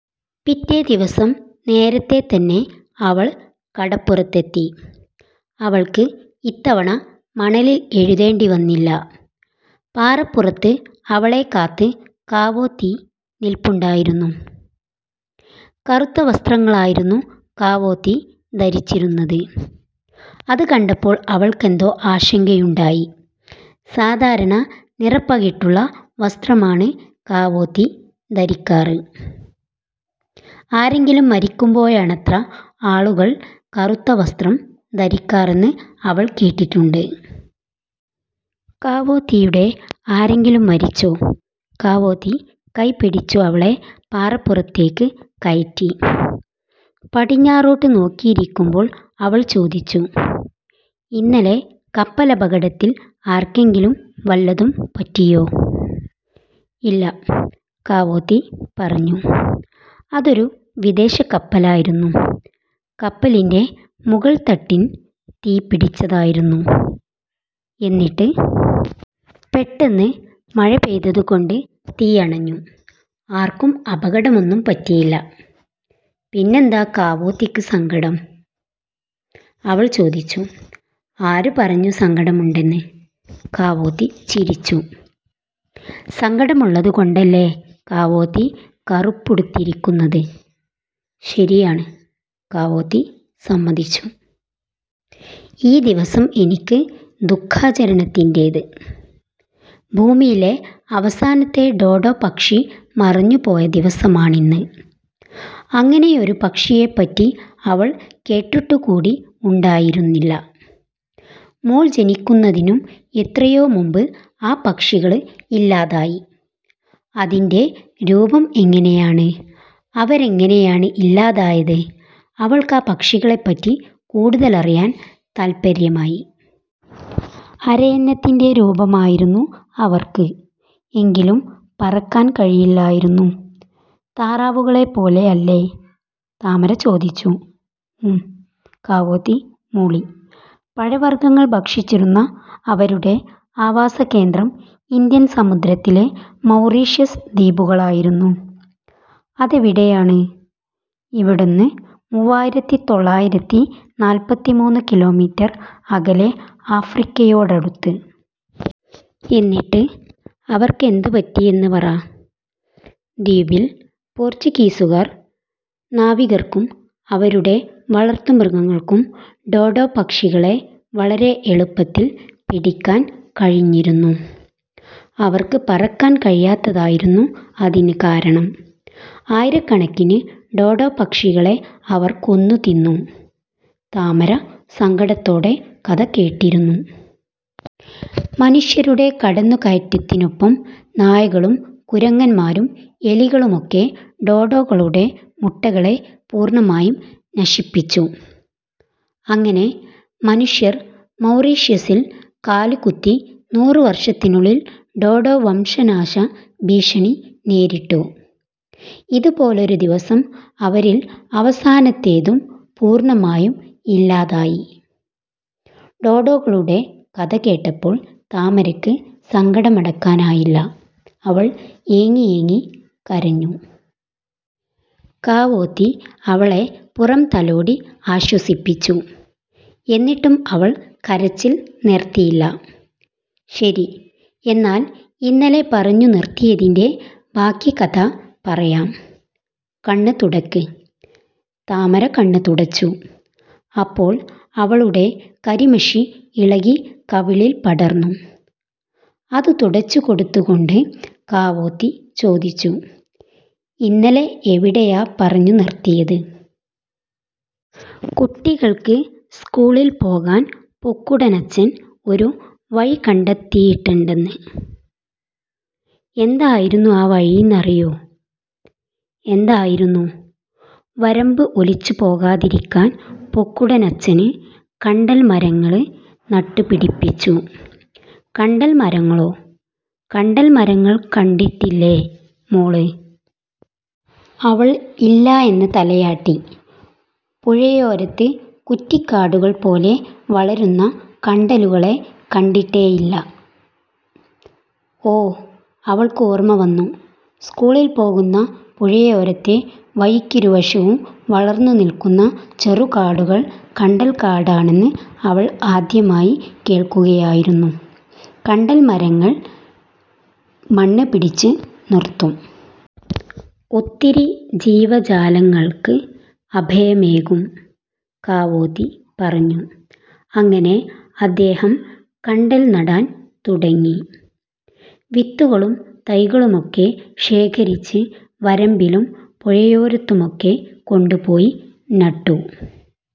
പിറ്റേദിവസം നേരത്തേതന്നെ അവള് കടപ്പുറത്തെത്തി. അവള്‍ക്ക് ഇത്തവണ മണലിൽ എഴുതേണ്ടിവന്നില്ല. പാറപ്പുറത്ത് അവളെ കാത്ത് കാവോതി നിൽപ്പുണ്ടായിരുന്നു. കറുത്ത വസ്ത്രങ്ങളായിരുന്നു കാവോതി ധരിച്ചിരുന്നത്. അത് കണ്ടപ്പോള്‍ അവൾക്കെന്തോ ആശങ്കയുണ്ടായി. സാധാരണ നിറപ്പകിട്ടുള്ള വസ്ത്രമാണ് കാവോതി ധരിക്കാറ്. ആരെങ്കിലും മരിക്കുമ്പോഴാണത്രേ ആളുകള്‍ കറുത്ത വസ്ത്രം ധരിക്കാറെന്ന് അവള്‍ കേട്ടിട്ടുണ്ട്. കാവോതിയുടെ ആരെങ്കിലും മരിച്ചോ? കാവോതി കൈപിടിച്ച് അവളെ പാറപ്പുറത്തേക്ക് കയറ്റി. പടിഞ്ഞാറോട്ട് നോക്കിയിരിക്കുമ്പോള്‍ അവള്‍ ചോദിച്ചു:''ഇന്നലെ കപ്പലപകടത്തിൽ ആര്‍ക്കെങ്കിലും വല്ലതും പറ്റിയോ? '''' ഇല്ല '' കാവോതി പറഞ്ഞു: '' അതൊരു വിദേശ കപ്പലായിരുന്നു. കപ്പലിന്‍റെ മുകള്തട്ടിന് തീ പിടിച്ചതായിരുന്നു. '''' എന്നിട്ട്? '''' പെട്ടെന്ന് മഴ പെയ്തതുകൊണ്ട് തീ അണഞ്ഞു. ആര്‍ക്കും അപകടമൊന്നും പറ്റിയില്ല. '''' പിന്നെന്താ കാവോതിക്ക് സങ്കടം? '' അവള്‍ ചോദിച്ചു. '' ആരുപറഞ്ഞു സങ്കടമുണ്ടെന്ന്? '' കാവോതി ചിരിച്ചു. '' സങ്കടമുള്ളതുകൊണ്ടല്ലേ കാവോതി കറുപ്പുടുത്തിരിക്കുന്നത്? '''' ശരിയാണ് '' കാവോതി സമ്മതിച്ചു. '' ഈ ദിവസം എനിക്ക് ദുഖാചരണത്തിന്‍റേത്. ഭൂമിയിലെ അവസാനത്തെ ഡോഡോ പക്ഷി മറഞ്ഞുപോയ ദിവസമാണിന്ന്. '' അങ്ങനെയൊരു പക്ഷിയെപ്പറ്റി അവള്‍ കേട്ടിട്ടുകൂടി ഉണ്ടായിരുന്നില്ല. '' മോള്‍ ജനിക്കുന്നതിനും എത്രയോമുമ്പ് ആ പക്ഷികള് ഇല്ലാതായി. '''' അതിന്‍റെ രൂപം എങ്ങനെയാണ്? അവരെങ്ങനെയാണ് ഇല്ലാതായത്? '' അവൾക്കാ പക്ഷികളെപ്പറ്റി കൂടുതലറിയാന്‍ താത്പര്യമായി. '' അരയന്നത്തിന്‍റെ രൂപമായിരുന്നു അവര്ക്ക്. എങ്കിലും പറക്കാന്‍ കഴിയില്ലായിരുന്നു!. '''' താറാവുകളെപ്പോലെ അല്ലേ? '', താമര ചോദിച്ചു. '' ഉം '' കാവോതി മൂളി. '' പഴവർഗങ്ങൾ ഭക്ഷിച്ചിരുന്ന അവരുടെ ആവാസകേന്ദ്രം ഇന്ത്യൻ സമുദ്രത്തിലെ മൗറീഷ്യസ് ദ്വീപുകളായിരുന്നു. '''' അതെവിടെയാണ്? ഇവിടുന്ന് മൂവായിരത്തിതൊള്ളായിരത്തിനാല്പത്തിമൂന്നു കിലോമീറ്റര്‍ അകലെ ആഫ്രിക്കയോടടുത്ത്! '''' എന്നിട്ട് അവർക്കെന്തുപറ്റിയെന്ന് പറ! '''' ദ്വീപിൽ പോര്‍ച്ചുഗീസുകാർ നാവികര്‍ക്കും അവരുടെ വളര്‍ത്തുമൃഗങ്ങള്‍ക്കും ഡോഡോ പക്ഷികളെ വളരെ എളുപ്പത്തില്‍ പിടിക്കാന്‍ കഴിഞ്ഞിരുന്നു. അവര്‍ക്ക് പറക്കാന്‍ കഴിയാത്തതായിരുന്നു അതിന് കാരണം. ആയിരക്കണക്കിന് ഡോഡോ പക്ഷികളെ അവര്‍ കൊന്നുതിന്നു. '' താമര സങ്കടത്തോടെ കഥ കേട്ടിരുന്നു. '' മനുഷ്യരുടെ കടന്നുകയറ്റത്തിനൊപ്പം നായകളും കുരങ്ങന്മാരും എലികളുമൊക്കെ ഡോഡോകളുടെ മുട്ടകളെ പൂര്‍ണമായും നശിപ്പിച്ചു. അങ്ങനെ മനുഷ്യര്‍ മൗറിഷ്യസിൽ കാലുകുത്തി നൂറ് വര്‍ഷത്തിനുള്ളില്‍ ഡോഡോ വംശനാശ ഭീഷണി നേരിട്ടു. ഇതുപോലൊരുദിവസം അവരില്‍ അവസാനത്തേതും പൂര്‍ണമായും ഇല്ലാതായി. '' ഡോഡോകളുടെ കഥ കേട്ടപ്പോള്‍ താമരയ്ക്ക് സങ്കടമടക്കാനായില്ല. അവള്‍ ഏങ്ങിയേങ്ങി കരഞ്ഞു. കാവോതി അവളെ പുറംതലോടി ആശ്വസിപ്പിച്ചു. എന്നിട്ടും അവള്‍ കരച്ചില്‍ നിര്‍ത്തിയില്ല. '' ശരി. എന്നാല്‍ ഇന്നലെ പറഞ്ഞു നിര്‍ത്തിയതിന്‍റെ ബാക്കി കഥ പറയാം. കണ്ണ് തുടയ്ക്ക്! '' താമര കണ്ണ് തുടച്ചു. അപ്പോള്‍ അവളുടെ കരിമഷി ഇളകി കവിളില്‍ പടര്‍ന്നു. അത് തുടച്ചുകൊടുത്തുകൊണ്ട് കാവോതി ചോദിച്ചു: '' ഇന്നലെ എവിടെയാ പറഞ്ഞു നിര്‍ത്തിയത്? '''' കുട്ടികള്‍ക്ക് സ്കൂളില്‍ പോകാന്‍ പൊക്കുടനച്ഛൻ ഒരു വഴി കണ്ടെത്തീട്ട്ണ്ടെന്ന്. '''' എന്തായിരുന്നു ആ വഴീന്നറിയോ? '''' എന്തായിരുന്നു? '''' വരമ്പ് ഒലിച്ചുപോകാതിരിക്കാന് പൊക്കുടനച്ഛച്ഛന് കണ്ടല്മരങ്ങള് നട്ടുപിടിപ്പിച്ചു. '''' കണ്ടല്മരങ്ങളോ? '''' കണ്ടല്മരങ്ങൾ കണ്ടിട്ടില്ലേ മോള്? '' അവള്‍ ഇല്ല എന്ന് തലയാട്ടി. '' പുഴയോരത്ത് കുറ്റിക്കാടുകൾ പോലെ വളരുന്ന കണ്ടലുകളെ കണ്ടിട്ടേയില്ല? '''' ഓ '' അവള്‍ക്കോർമ്മ വന്നു. സ്കൂളില്‍ പോകുന്ന പുഴയോരത്തെ വഴിക്കിരുവശവും വളര്‍ന്നു നില്‍ക്കുന്ന ചെറുകാടുകള്‍ കണ്ടൽ കാടാണെന്ന് അവള്‍ ആദ്യമായി കേള്‍ക്കുകയായിരുന്നു. '' കണ്ടല്മരങ്ങൽ മണ്ണ് പിടിച്ചു നിര്‍ത്തും. ഒത്തിരി ജീവജാലങ്ങള്‍ക്ക് അഭയമേകും. '' കാവോതി പറഞ്ഞു. '' അങ്ങനെ അദ്ദേഹം കണ്ടല്‍ നടാന്‍ തുടങ്ങി. വിത്തുകളും തൈകളുമൊക്കെ ശേഖരിച്ച് വരമ്പിലും പുഴയോരത്തുമൊക്കെ കൊണ്ടുപോയി നട്ടു.